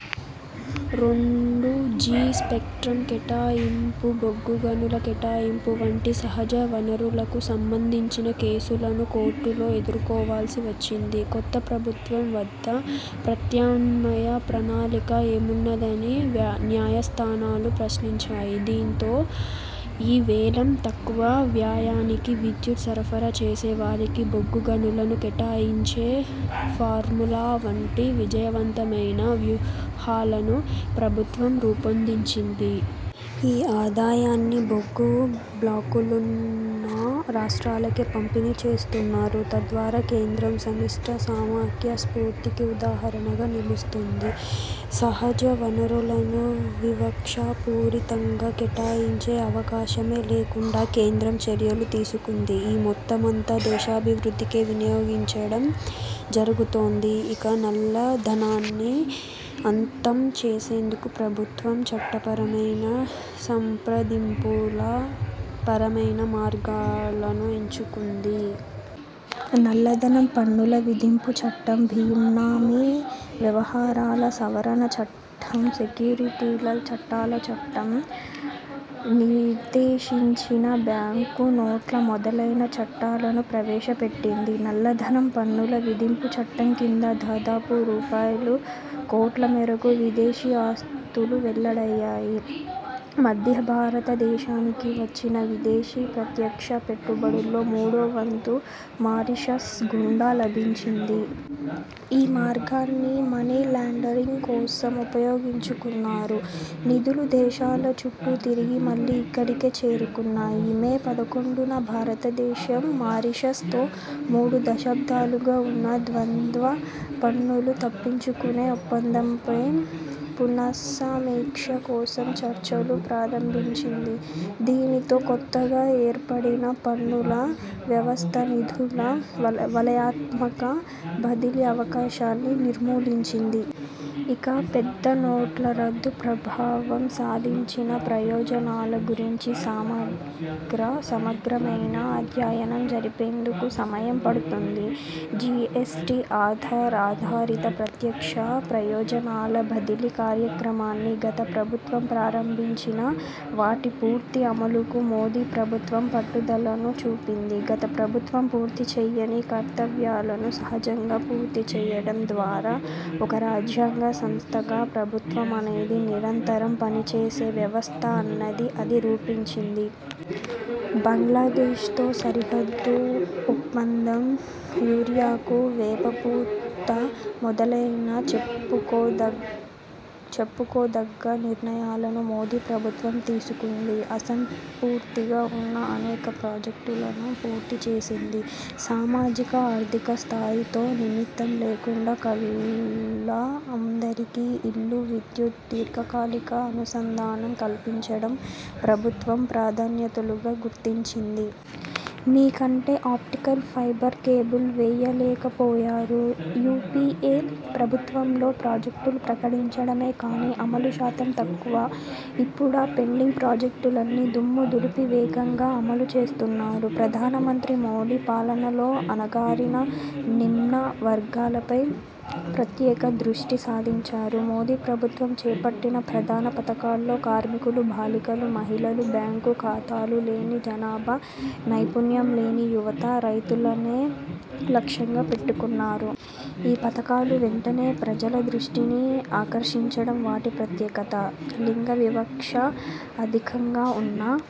రెండు G spectrum కేటాయింపు, బొగ్గుగనుల కేటాయింపు వంటి సహజ వనరులకు సంబంధించిన కేసులను కోర్టుల్లో ఎదుర్కోవాల్సి వచ్చింది. కొత్త ప్రభుత్వం వద్ద ప్రత్యామ్నాయ ప్రణాళిక ఏమున్నదని న్యాయస్థానాలు ప్రశ్నించాయి. దీనితో ఈ-వేలం, తక్కువ వ్యయానికి విద్యుత్ సరఫరా చేసే వారికే బొగ్గు గనులను కేటాయించే ఫార్ములా వంటి విజయవంతమైన వ్యూహాలను ప్రభుత్వం రూపొందించింది. ఈ ఆదాయాన్ని బొగ్గు బ్లాకులున్న రాష్ట్రాలకే పంపిణీ చేస్తున్నారు. తద్వారా కేంద్రం సమిష్ట సమాఖ్య స్ఫూర్తికి ఉదాహరణగా నిలుస్తోంది. సహజ వనరులను వివక్షాపూరితంగా కేటాయించే అవకాశమే లేకుండా కేంద్రం చర్యలు తీసుకుంది. ఈ మొత్తమంతా దేశాభివృద్దికే వినియోగించడం జరుగుతోంది. ఇక నల్లధనాన్ని అంతం చేసేందుకు ప్రభుత్వం చట్టపరమైన, సంప్రదింపుల పరమైన మార్గాలను ఎంచుకుంది. నల్లధనం, పన్నుల విధింపు చట్టం, బినామీ వ్యవహారాల సవరణ చట్టం, సెక్యూరిటీల చట్టాలు చట్టం, నిర్దేశించిన బ్యాంకు నోట్ల మొదలైన చట్టాలను ప్రవేశపెట్టింది. నల్లధనం, పన్నుల విధింపు చట్టం క్రింద దాదాపు రూ. కోట్ల మేరకు విదేశీ ఆస్తులు వెల్లడయ్యాయి. మధ్య భారత దేశానికి వచ్చిన విదేశీ ప్రత్యక్ష పెట్టుబడిలో మూడో వంతు మారిషస్ గుండా లభించింది. ఈ మార్గాన్ని మనీ లాండరింగ్ కోసం ఉపయోగించుకున్నారు. నిధులు దేశాల చుట్టూ తిరిగి మళ్లీ ఇక్కడికే చేరుకున్నాయి. మే పదకొండున భారత దేశం మారిషస్ తో మూడు దశాబ్దాలుగా ఉన్న ద్వంద్వ పన్నులు తప్పించుకునే ఒప్పందంపై పునస్సమీక్ష కోసం చర్చలు ప్రారంభించింది. దీనితో కొత్తగా ఏర్పడిన పన్నుల వ్యవస్థ నిధుల వలయాత్మక బదిలీ అవకాశాన్ని నిర్మూలించింది. ఇక పెద్ద నోట్ల రద్దు ప్రభావం సాధించిన ప్రయోజనాల గురించి సమగ్ర మైన అధ్యయనం జరిపేందుకు సమయం పడుతుంది. జీఎస్టీ, ఆధార్ ఆధారిత ప్రత్యక్ష ప్రయోజనాల బదిలీ కార్యక్రమాన్ని గత ప్రభుత్వం ప్రారంభించినా, వాటి పూర్తి అమలుకు మోదీ ప్రభుత్వం పట్టుదలను చూపింది. గత ప్రభుత్వం పూర్తి చేయని కర్తవ్యాలను సహజంగా పూర్తిచేయడం ద్వారా ఒక రాజ్యాంగ సంస్థగా ప్రభుత్వం అనేది నిరంతరం పనిచేసే వ్యవస్థ అన్నది అది నిరూపించింది. బంగ్లాదేశ్ తో సరిహద్దు ఒప్పందం, యూరియాకు వేపపూత మొదలైన చెప్పుకో చెప్పుకోదగ్గ నిర్ణయాలను మోదీ ప్రభుత్వం తీసుకుంది. అసంపూర్తిగా ఉన్న అనేక ప్రాజెక్టులను పూర్తి చేసింది. సామాజిక, ఆర్థిక స్థాయితో నిమిత్తం లేకుండా కల్లా అందరికీ ఇళ్లు, విద్యుత్, దీర్ఘకాలిక అనుసంధానం కల్పించడం ప్రభుత్వం ప్రాధాన్యతలుగా గుర్తించింది. మీ కంటే ఆప్టికల్ ఫైబర్ కేబుల్ వేయలేకపోయారు. యుపిఏ ప్రభుత్వంలో ప్రాజెక్టులు ప్రకటించడమే కాని అమలు శాతం తక్కువ. ఇప్పుడా పెండింగ్ ప్రాజెక్టులన్నీ దుమ్ము దులిపి వేగంగా అమలు చేస్తున్నారు. ప్రధానమంత్రి మోదీ పాలనలో అణగారిన, నిమ్న వర్గాలపై ప్రత్యేక దృష్టి సారించారు. మోదీ ప్రభుత్వం చేపట్టిన ప్రధాన పథకాల్లో కార్మికులు, బాలికలు, మహిళలు, బ్యాంకు ఖాతాలు లేని జనాభా, నైపుణ్యం లేని యువత, రైతులనే లక్ష్యంగా పెట్టుకున్నారు. ఈ పథకాలు వెంటనే ప్రజల దృష్టిని ఆకర్షించడం వాటి ప్రత్యేకత. లింగ వివక్ష అధికంగా ఉన్న